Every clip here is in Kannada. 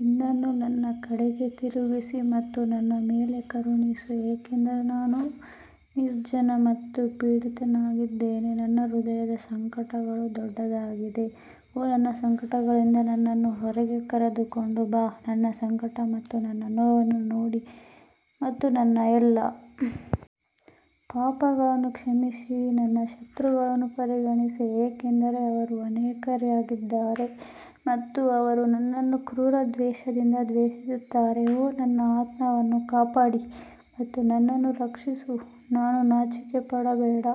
ನಿನ್ನನ್ನು ನನ್ನ ಕಡೆಗೆ ತಿರುಗಿಸಿ ಮತ್ತು ನನ್ನ ಮೇಲೆ ಕರುಣಿಸು, ಏಕೆಂದರೆ ನಾನು ನಿರ್ಜನ ಮತ್ತು ಪೀಡಿತನಾಗಿದ್ದೇನೆ ನನ್ನ ಹೃದಯದ ಸಂಕಟಗಳು ದೊಡ್ಡದಾಗಿದೆ ಓ ನನ್ನ ಸಂಕಟಗಳಿಂದ ನನ್ನನ್ನು ಹೊರಗೆ ಕರೆದುಕೊಂಡು ಬಾ ನನ್ನ ಸಂಕಟ ಮತ್ತು ನನ್ನ ನೋವನ್ನು ನೋಡಿ ಮತ್ತು ನನ್ನ ಎಲ್ಲಾ ಪಾಪಗಳನ್ನು ಕ್ಷಮಿಸಿ ನನ್ನ ಶತ್ರುಗಳನ್ನು ಪರಿಗಣಿಸಿ ಏಕೆಂದರೆ ಅವರು ಅನೇಕರಿದ್ದಾರೆ ಮತ್ತು ಅವರು ನನ್ನನ್ನು ಕ್ರೂರ ದ್ವೇಷದಿಂದ ದ್ವೇಷಿಸುತ್ತಾರೆ ಓ ನನ್ನ ಆತ್ಮವನ್ನು ಕಾಪಾಡಿ ಮತ್ತು ನನ್ನನ್ನು ರಕ್ಷಿಸು, ನಾನು ನಾಚಿಕೆಪಡಬೇಡ,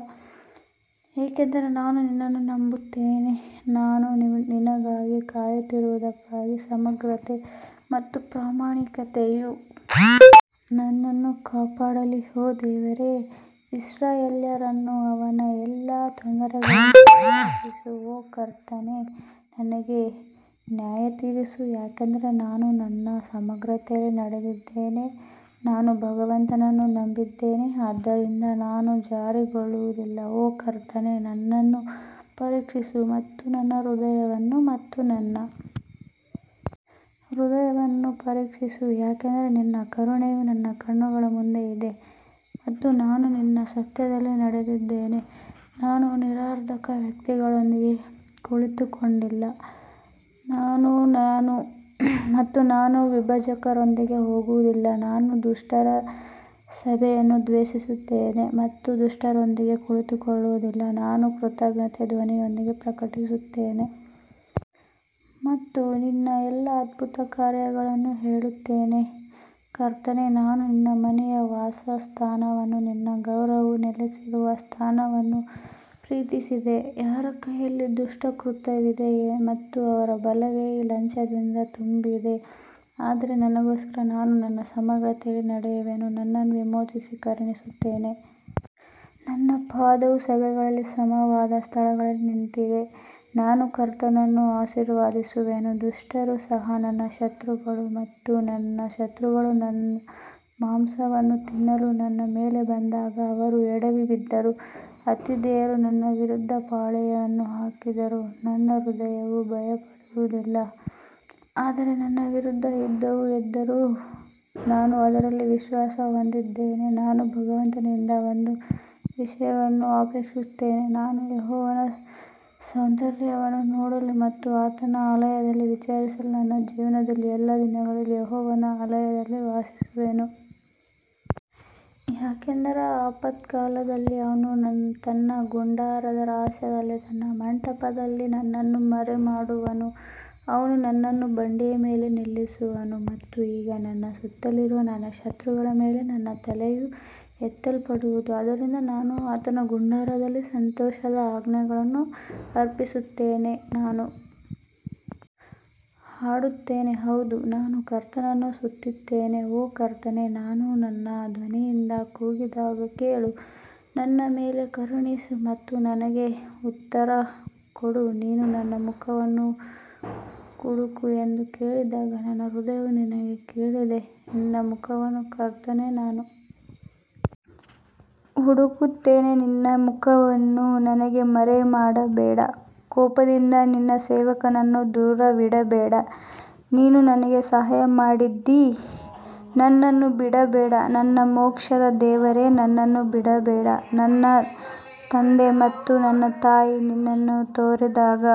ಏಕೆಂದರೆ ನಾನು ನಿನ್ನನ್ನು ನಂಬುತ್ತೇನೆ ನಾನು ನಿನಗಾಗಿ ಕಾಯುತ್ತಿರುವುದಕ್ಕಾಗಿ ಸಮಗ್ರತೆ ಮತ್ತು ಪ್ರಾಮಾಣಿಕತೆಯು ನನ್ನನ್ನು ಕಾಪಾಡಲಿ ಓ ದೇವರೇ ಇಸ್ರಾಯೇಲ್ಯರನ್ನು ಅವನ ಎಲ್ಲಾ ತೊಂದರೆಗಳಿಂದ ವಿಮೋಚಿಸು ಓ ಕರ್ತನೇ ನನಗೆ ನ್ಯಾಯತೀರಿಸು ಯಾಕಂದರೆ ನಾನು ನನ್ನ ಸಮಗ್ರತೆಯಲ್ಲಿ ನಡೆದಿದ್ದೇನೆ ನಾನು ಭಗವಂತನನ್ನು ನಂಬಿದ್ದೇನೆ ಆದ್ದರಿಂದ ನಾನು ಜಾರಿಕೊಳ್ಳುವುದಿಲ್ಲ ಓ ಕರ್ತನೇ ನನ್ನನ್ನು ಪರೀಕ್ಷಿಸು ಮತ್ತು ನನ್ನ ಹೃದಯವನ್ನು ಮತ್ತು ನನ್ನ ಹೃದಯವನ್ನು ಪರೀಕ್ಷಿಸು ಯಾಕಂದರೆ ನಿನ್ನ ಕರುಣೆಯು ನನ್ನ ಕಣ್ಣುಗಳ ಮುಂದೆ ಇದೆ ಮತ್ತು ನಾನು ನಿನ್ನ ಸತ್ಯದಲ್ಲಿ ನಡೆದಿದ್ದೇನೆ ನಾನು ನಿರರ್ಥಕ ವ್ಯಕ್ತಿಗಳೊಂದಿಗೆ ಕುಳಿತುಕೊಂಡಿಲ್ಲ ಮತ್ತು ನಾನು ವಿಭಜಕರೊಂದಿಗೆ ಹೋಗುವುದಿಲ್ಲ ನಾನು ದುಷ್ಟರ ಸಭೆಯನ್ನು ದ್ವೇಷಿಸಿದ್ದೇನೆ ಮತ್ತು ದುಷ್ಟರೊಂದಿಗೆ ಕುಳಿತುಕೊಳ್ಳುವುದಿಲ್ಲ ನಾನು ಕೃತಜ್ಞತೆಯ ಧ್ವನಿಯೊಂದಿಗೆ ಪ್ರಕಟಿಸುತ್ತೇನೆ ಮತ್ತು ನಿನ್ನ ಎಲ್ಲಾ ಅದ್ಭುತ ಕಾರ್ಯಗಳನ್ನು ಹೇಳುತ್ತೇನೆ ಕರ್ತನೇ ನಾನು ನಿನ್ನ ಮನೆಯ ವಾಸಸ್ಥಾನವನ್ನೂ ನಿನ್ನ ಗೌರವವು ನೆಲೆಸಿರುವ ಸ್ಥಳವನ್ನೂ ಪ್ರೀತಿಸಿದೆ ಯಾರ ಕೈಯಲ್ಲಿ ದುಷ್ಕೃತ್ಯವಿದೆ ಮತ್ತು ಅವರ ಬಲಗೈ ಲಂಚದಿಂದ ತುಂಬಿದೆ ಆದರೆ ನನಗೋಸ್ಕರ ನಾನು ನನ್ನ ಸಮಗ್ರತೆಯಲ್ಲಿ ನಡೆಯುವೆನು, ನನ್ನನ್ನು ವಿಮೋಚಿಸಿ ಕರುಣಿಸುತ್ತೇನೆ ನನ್ನ ಪಾದವು ಸಭೆಗಳಲ್ಲಿ ಸಮವಾದ ಸ್ಥಳದಲ್ಲಿ ನಿಂತಿದೆ ನಾನು ಕರ್ತನನ್ನು ಆಶೀರ್ವದಿಸುವೆನು ದುಷ್ಟರು ಸಹ ನನ್ನ ಶತ್ರುಗಳು ಮತ್ತು ನನ್ನ ಶತ್ರುಗಳು ನನ್ನ ಮಾಂಸವನ್ನು ತಿನ್ನಲು ನನ್ನ ಮೇಲೆ ಬಂದಾಗ ಅವರು ಎಡವಿ ಬಿದ್ದರು ಆತಿಥೇಯರು ನನ್ನ ವಿರುದ್ಧ ಪಾಳೆಯವನ್ನು ಹಾಕಿದರೂ ನನ್ನ ಹೃದಯವು ಭಯಪಡುವುದಿಲ್ಲ, ಆದರೆ ನನ್ನ ವಿರುದ್ಧ ಯುದ್ಧವು ಎದ್ದರೂ ನಾನು ಅದರಲ್ಲಿ ವಿಶ್ವಾಸ ಹೊಂದಿದ್ದೇನೆ ನಾನು ಭಗವಂತನಿಂದ ಒಂದು ವಿಷಯವನ್ನು ಅಪೇಕ್ಷಿಸುತ್ತೇನೆ, ನಾನು ಯೆಹೋವನ ಸೌಂದರ್ಯವನ್ನು ನೋಡಲು ಮತ್ತು ಆತನ ಆಲಯದಲ್ಲಿ ವಿಚಾರಿಸಲು ನನ್ನ ಜೀವನದ ಎಲ್ಲಾ ದಿನಗಳಲ್ಲಿ ಯೆಹೋವನ ಆಲಯದಲ್ಲಿ ವಾಸಿಸುವೆನು. ಯಾಕಂದರೆ ಆಪತ್ಕಾಲದಲ್ಲಿ ಅವನು ತನ್ನ ಗುಡಾರದ ರಹಸ್ಯದಲ್ಲಿ ತನ್ನ ಮಂಟಪದಲ್ಲಿ ನನ್ನನ್ನು ಮರೆಮಾಡುವನು, ಅವನು ನನ್ನನ್ನು ಬಂಡೆಯ ಮೇಲೆ ನಿಲ್ಲಿಸುವನು ಮತ್ತು ಈಗ ನನ್ನ ಸುತ್ತಲಿರುವ ನನ್ನ ಶತ್ರುಗಳ ಮೇಲೆ ನನ್ನ ತಲೆಯು ಎತ್ತಲ್ಪಡುವದು ಆದ್ದರಿಂದ ನಾನು ಆತನ ಗುಡಾರದಲ್ಲಿ ಸಂತೋಷದ ಯಜ್ಞಗಳನ್ನು ಅರ್ಪಿಸುತ್ತೇನೆ ನಾನು ಹಾಡುತ್ತೇನೆ ಹೌದು ನಾನು ಕರ್ತನನ್ನು ಸ್ತುತಿಸುತ್ತೇನೆ ಓ ಕರ್ತನೇ ನಾನು ನನ್ನ ಧ್ವನಿಯಿಂದ ಕೂಗಿದಾಗ ಕೇಳು, ನನ್ನ ಮೇಲೆ ಕರುಣಿಸು ಮತ್ತು ನನಗೆ ಉತ್ತರ ಕೊಡು ನೀನು ನನ್ನ ಮುಖವನ್ನು ಹುಡುಕು ಎಂದು ಹೇಳಿದಾಗ ನನ್ನ ಹೃದಯವು ನಿನಗೆ ಹೇಳಿದೆ ನಿನ್ನ ಮುಖವನ್ನು ಕರ್ತನೇ ನಾನು ಹುಡುಕುತ್ತೇನೆ ನಿನ್ನ ಮುಖವನ್ನು ನನಗೆ ಮರೆಮಾಡಬೇಡ ಕೋಪದಿಂದ ನಿನ್ನ ಸೇವಕನನ್ನು ದೂರವಿಡಬೇಡ, ನೀನು ನನಗೆ ಸಹಾಯ ಮಾಡಿದ್ದೀ, ನನ್ನನ್ನು ಬಿಡಬೇಡ, ನನ್ನ ಮೋಕ್ಷದ ದೇವರೇ, ನನ್ನನ್ನು ಬಿಡಬೇಡ ನನ್ನ ತಂದೆ ಮತ್ತು ನನ್ನ ತಾಯಿ ನನ್ನನ್ನು ತೊರೆದಾಗ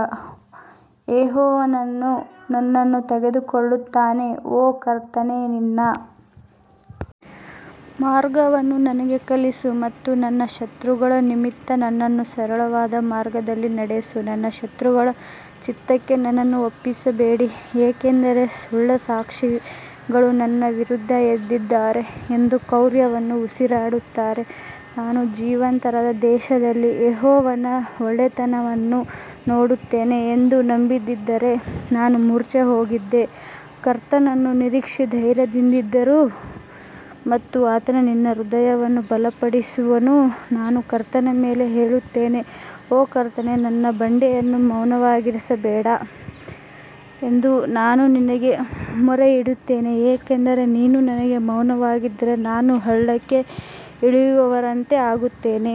ಯೆಹೋವನು ನನ್ನನ್ನು ತೆಗೆದುಕೊಳ್ಳುತ್ತಾನೆ ಓ ಕರ್ತನೇ ನಿನ್ನ ಮಾರ್ಗವನ್ನು ನನಗೆ ಕಲಿಸು ಮತ್ತು ನನ್ನ ಶತ್ರುಗಳ ನಿಮಿತ್ತ ನನ್ನನ್ನು ಸರಳವಾದ ಮಾರ್ಗದಲ್ಲಿ ನಡೆಸು ನನ್ನ ಶತ್ರುಗಳ ಚಿತ್ತಕ್ಕೆ ನನ್ನನ್ನು ಒಪ್ಪಿಸಬೇಡಿ ಏಕೆಂದರೆ ಸುಳ್ಳು ಸಾಕ್ಷಿಗಳು ನನ್ನ ವಿರುದ್ಧ ಎದ್ದಿದ್ದಾರೆ ಮತ್ತು ಕ್ರೌರ್ಯವನ್ನು ಉಸಿರಾಡುತ್ತಾರೆ ನಾನು ಜೀವಂತರ ದೇಶದಲ್ಲಿ ಯೆಹೋವನ ಒಳ್ಳೆಯತನವನ್ನು ನೋಡುತ್ತೇನೆ ಎಂದು ನಂಬದಿದ್ದರೆ ನಾನು ಮೂರ್ಛೆ ಹೋಗಿದ್ದೆ ಕರ್ತನನ್ನು ನಿರೀಕ್ಷಿಸಿ ಧೈರ್ಯದಿಂದಿರು ಮತ್ತು ಆತನು ನಿನ್ನ ಹೃದಯವನ್ನು ಬಲಪಡಿಸುವನು, ನಾನು ಕರ್ತನ ಮೇಲೆ ಹೇಳುತ್ತೇನೆ ಓ ಕರ್ತನೇ ನನ್ನ ಬಂಡೆಯನ್ನು ಮೌನವಾಗಿರಿಸಬೇಡ ಎಂದು ನಾನು ನಿನಗೆ ಮೊರೆಯಿಡುತ್ತೇನೆ, ಏಕೆಂದರೆ ನೀನು ನನಗೆ ಮೌನವಾಗಿದ್ದರೆ ನಾನು ಹಳ್ಳಕ್ಕೆ ಇಳಿಯುವವರಂತೆ ಆಗುತ್ತೇನೆ.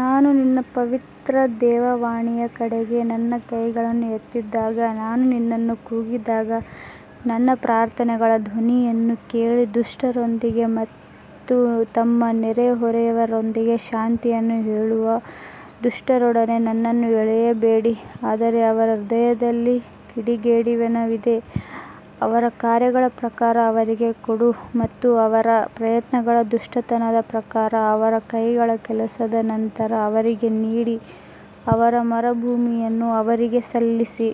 ನಾನು ನಿನ್ನ ಪವಿತ್ರ ದೇವವಾಣಿಯ ಕಡೆಗೆ ನನ್ನ ಕೈಗಳನ್ನು ಎತ್ತಿದಾಗ ನಾನು ನಿನ್ನನ್ನು ಕೂಗಿದಾಗ ನನ್ನ ಪ್ರಾರ್ಥನೆಗಳ ಧ್ವನಿಯನ್ನು ಕೇಳಿ ದುಷ್ಟರೊಂದಿಗೆ ಮತ್ತು ತಮ್ಮ ನೆರೆಹೊರೆಯವರೊಂದಿಗೆ ಶಾಂತಿಯನ್ನು ಹೇಳುವ ದುಷ್ಟರೊಡನೆ ನನ್ನನ್ನು ಎಳೆಯಬೇಡಿ ಆದರೆ ಅವರ ಹೃದಯದಲ್ಲಿ ಕಿಡಿಗೇಡಿತನವಿದೆ. ಅವರ ಕಾರ್ಯಗಳ ಪ್ರಕಾರ ಅವರಿಗೆ ಕೊಡು ಮತ್ತು ಅವರ ಪ್ರಯತ್ನಗಳ ದುಷ್ಟತನದ ಪ್ರಕಾರ ಅವರ ಕೈಗಳ ಕೆಲಸದ ನಂತರ ಅವರಿಗೆ ನೀಡಿ ಅವರ ಮರುಭೂಮಿಯನ್ನು ಅವರಿಗೆ ಸಲ್ಲಿಸಿ.